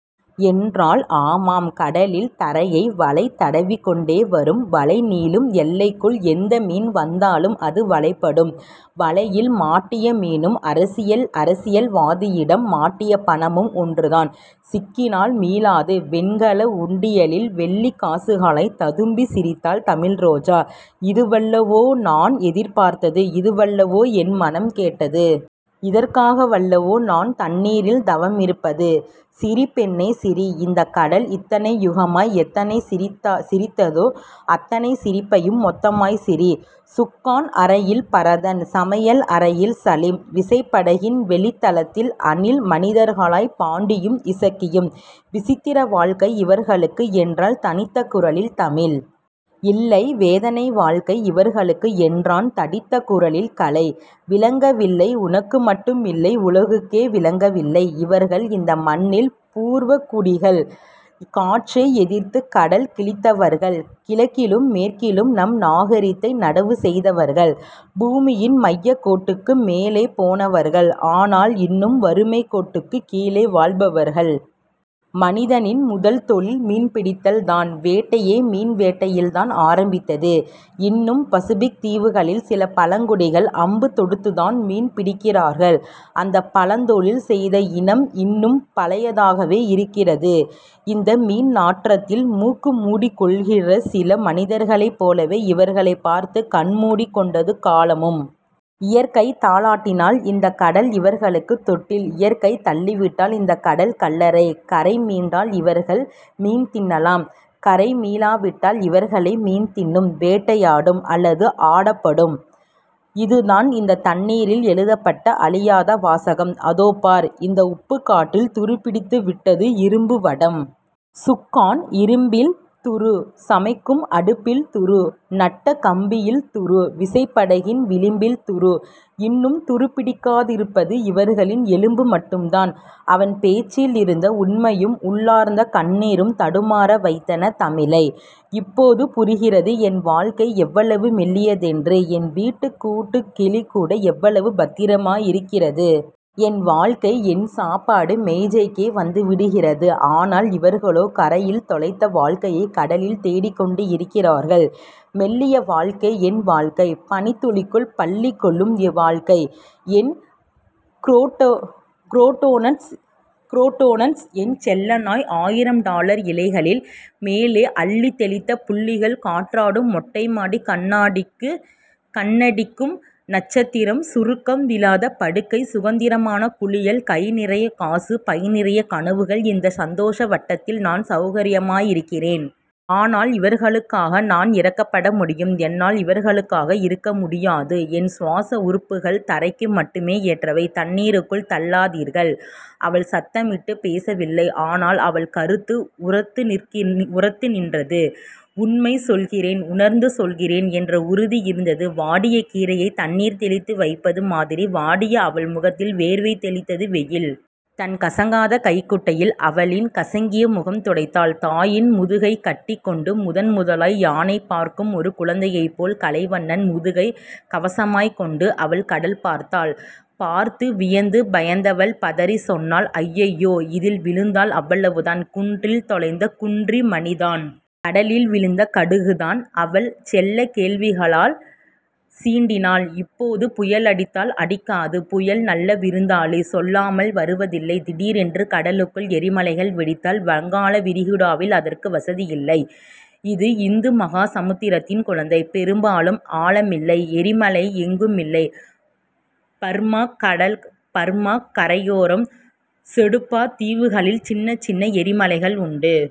என்றாள் ஆமாம். கடலின் தரையை வலை தடவிக்கொண்டே வரும். வலைநீளும் எல்லைக்குள் எந்த மீன் வந்தாலும் அது வலைப்படும். வலையில் மாட்டிய மீனும் அரசியல்வாதியிடம் மாட்டிய பணமும் ஒன்றுதான். சிக்கினால் மீளாது. வெண்கல உண்டியலில் வெள்ளிக்காசுகளாய்த் ததும்பிச் சிரித்தாள் தமிழ்ரோஜா. இதுவல்லவோ நான் எதிர்பார்த்தது. இதுவல்லவோ என் மனம் கேட்டது. இதற்காகவல்லவோ நான் தண்ணீரில் தவமிருப்பது. சிரி பெண்ணே சிரி. இந்தக் கடல் இத்தனை யுகமாய் எத்தனை சிரித்ததோ அத்தனைச் சிரிப்பையும் மொத்தமாய்ச் சிரி... சுக்கான் அறையில் பரதன். சமையல் அறையில் சலீம். விசைப்படகின் வெளித்தளத்தில் அணில் மனிதர்களாய் பாண்டியும் இசக்கியும். விசித்திர வாழ்க்கை இவர்களுக்கு என்றாள் தணிந்த குரலில் தமிழ். இல்லை. வேதனை வாழ்க்கை இவர்களுக்கு என்றான் தடித்த குரலில் கலை. விளங்கவில்லை. உனக்கு மட்டுமில்லை. உலகுக்கே விளங்கவில்லை. இவர்கள் இந்த மண்ணின் பூர்வகுடிகள். காற்றை எதிர்த்துக் கடல் கிழித்தவர்கள். கிழக்கிலும் மேற்கிலும் நம் நாகரிகத்தை நடவுசெய்தவர்கள். பூமியின் மையக்கோட்டுக்கு மேலே போனவர்கள். ஆனால் இன்னும் வறுமைக்கோட்டுக்குக் கீழே வாழ்பவர்கள். மனிதனின் முதல்தொழில் மீன்பிடித்தல்தான். வேட்டையே மீன் வேட்டையில்தான் ஆரம்பித்தது. இன்னும் பசிபிக் தீவுகளில் சில பழங்குடிகள் அம்பு தொடுத்துத்தான் மீன் பிடிக்கிறார்கள். அந்தப் பழந்தொழில் செய்த இனம் இன்னும் பழையதாகவே இருக்கிறது. இந்த மீன்நாற்றத்தில் முக்கு முடிக்கொள்கிற சில மனிதர்களைப் போலவே இவர்களைப் பார்த்துக் கண்முடிக் கொண்டது காலமும். இயற்கை தாலாட்டினால் இந்தக் கடல் இவர்களுக்குத் தொட்டில். இயற்கை தள்ளிவிட்டால் இந்தக் கடல் கல்லறை. கரை மீண்டால் இவர்கள் மீன்தின்னலாம். கரை மீளாவிட்டால் இவர்களை மீன்தின்னும். வேட்டையாடு. அல்லது ஆடப்படு. இதுதான் இந்தத் தண்ணீரில் எழுதப்பட்ட அழியாத வாசகம். அதோ பார். இந்த உப்புக் காற்றில் துருப்பிடித்துவிட்டது இரும்புவடம். சுக்கான் இரும்பில் துரு. சமைக்கும் அடுப்பில் துரு. நட்ட கம்பியில் துரு. விசைப்படகின் விளிம்பில் துரு. இன்னும் துருப்பிடிக்காதிருப்பது இவர்களின் எலும்பு மட்டும்தான். அவன் பேச்சிலிருந்த உண்மையும் உள்ளார்ந்த கண்ணீரும் தடுமாறவைத்தன தமிழை. இப்போது புரிகிறது. என் வாழ்க்கை எவ்வளவு மெல்லியதென்று. என் வீட்டுக் கூண்டுக்கிளிகூட எவ்வளவு பத்திரமாயிருக்கிறது? என் வாழ்க்கை என் சாப்பாட்டு மேஜைக்கே வந்துவிடுகிறது. ஆனால், இவர்களோ கரையில் தொலைத்த வாழ்க்கையைக் கடலில் தேடிக் கொண்டிருக்கிறார்கள். மெல்லிய வாழ்க்கை என் வாழ்க்கை. பனித் துளிக்குள் பள்ளிகொள்ளும் வாழ்க்கை. என் குரோட்டன்ஸ என் செல்ல நாய் ஆயிரம் டாலர் இலைகளின் மேலே அள்ளித் தெளித்த புள்ளிகள் காற்றாடும் மொட்டைமாடி கண்ணடிக்கும் நட்சத்திரம் சுருக்கம் விழாத படுக்கை சுதந்திரமான குளியல் கைநிறையக்காசு பைநிறையக் கனவுகள் இந்த சந்தோஷவட்டத்தில் நான் செளகரியமாயிருக்கிறேன். ஆனால், இவர்களுக்காக நான் இரக்கப்பட முடியும். என்னால் இவர்களாக இருக்க முடியாது. என் சுவாச உறுப்புகள் தரைக்கு மட்டுமே ஏற்றவை. தண்ணீருக்குள் தள்ளாதீர்கள். அவள் சத்தமிட்டுப் பேசவில்லை. ஆனால் அவள் கருத்து உரத்துநின்றது. உண்மை சொல்கிறேன் உணர்ந்து சொல்கிறேன் என்ற உறுதி இருந்தது. வாடிய கீரையைத் தண்ணீர்தெளித்து வைப்பது மாதிரி வாடிய அவள் முகத்தில் வேர்வை தெளித்தது வெயில். தன் கசங்காத கைக்குட்டையில் அவளின் கசங்கிய முகம்துடைத்தான். தாயின் முதுகைக் கட்டிக் கொண்டு முதன்முதலாய் யானைபார்க்கும் ஒரு குழந்தையைப் போல் கலைவண்ணன் முதுகைக் கவசமாய்க் கொண்டு அவள் கடல்பார்த்தாள். பார்த்து வியந்து பயந்தவள் பதறிச் சொன்னாள். அய்யய்யோ. இதில் விழுந்தால்? அவ்வளவுதான். குன்றில் தொலைந்த குன்றிமணிதான். கடலில் விழுந்த கடுகுதான்... அவள் செல்லக் கேள்விகளால் சீண்டினாள். இப்போது புயலடித்தால்? அடிக்காது. புயல் நல்ல விருந்தாளி. சொல்லாமல் வருவதில்லை... திடீரென்று கடலுக்குள் எரிமலைகள் வெடித்தால்? வங்காளவிரிகுடாவில் அதற்கு வசதி இல்லை. இது இந்துமகாசமுத்திரத்தின் குழந்தை. பெரும்பாலும் ஆழமில்லை. எரிமலைகள் எங்குமில்லை. பர்மாக் கரையோரம் செடுபா தீவுகளில் சின்னச் சின்ன எரிமலைகள் உண்டு.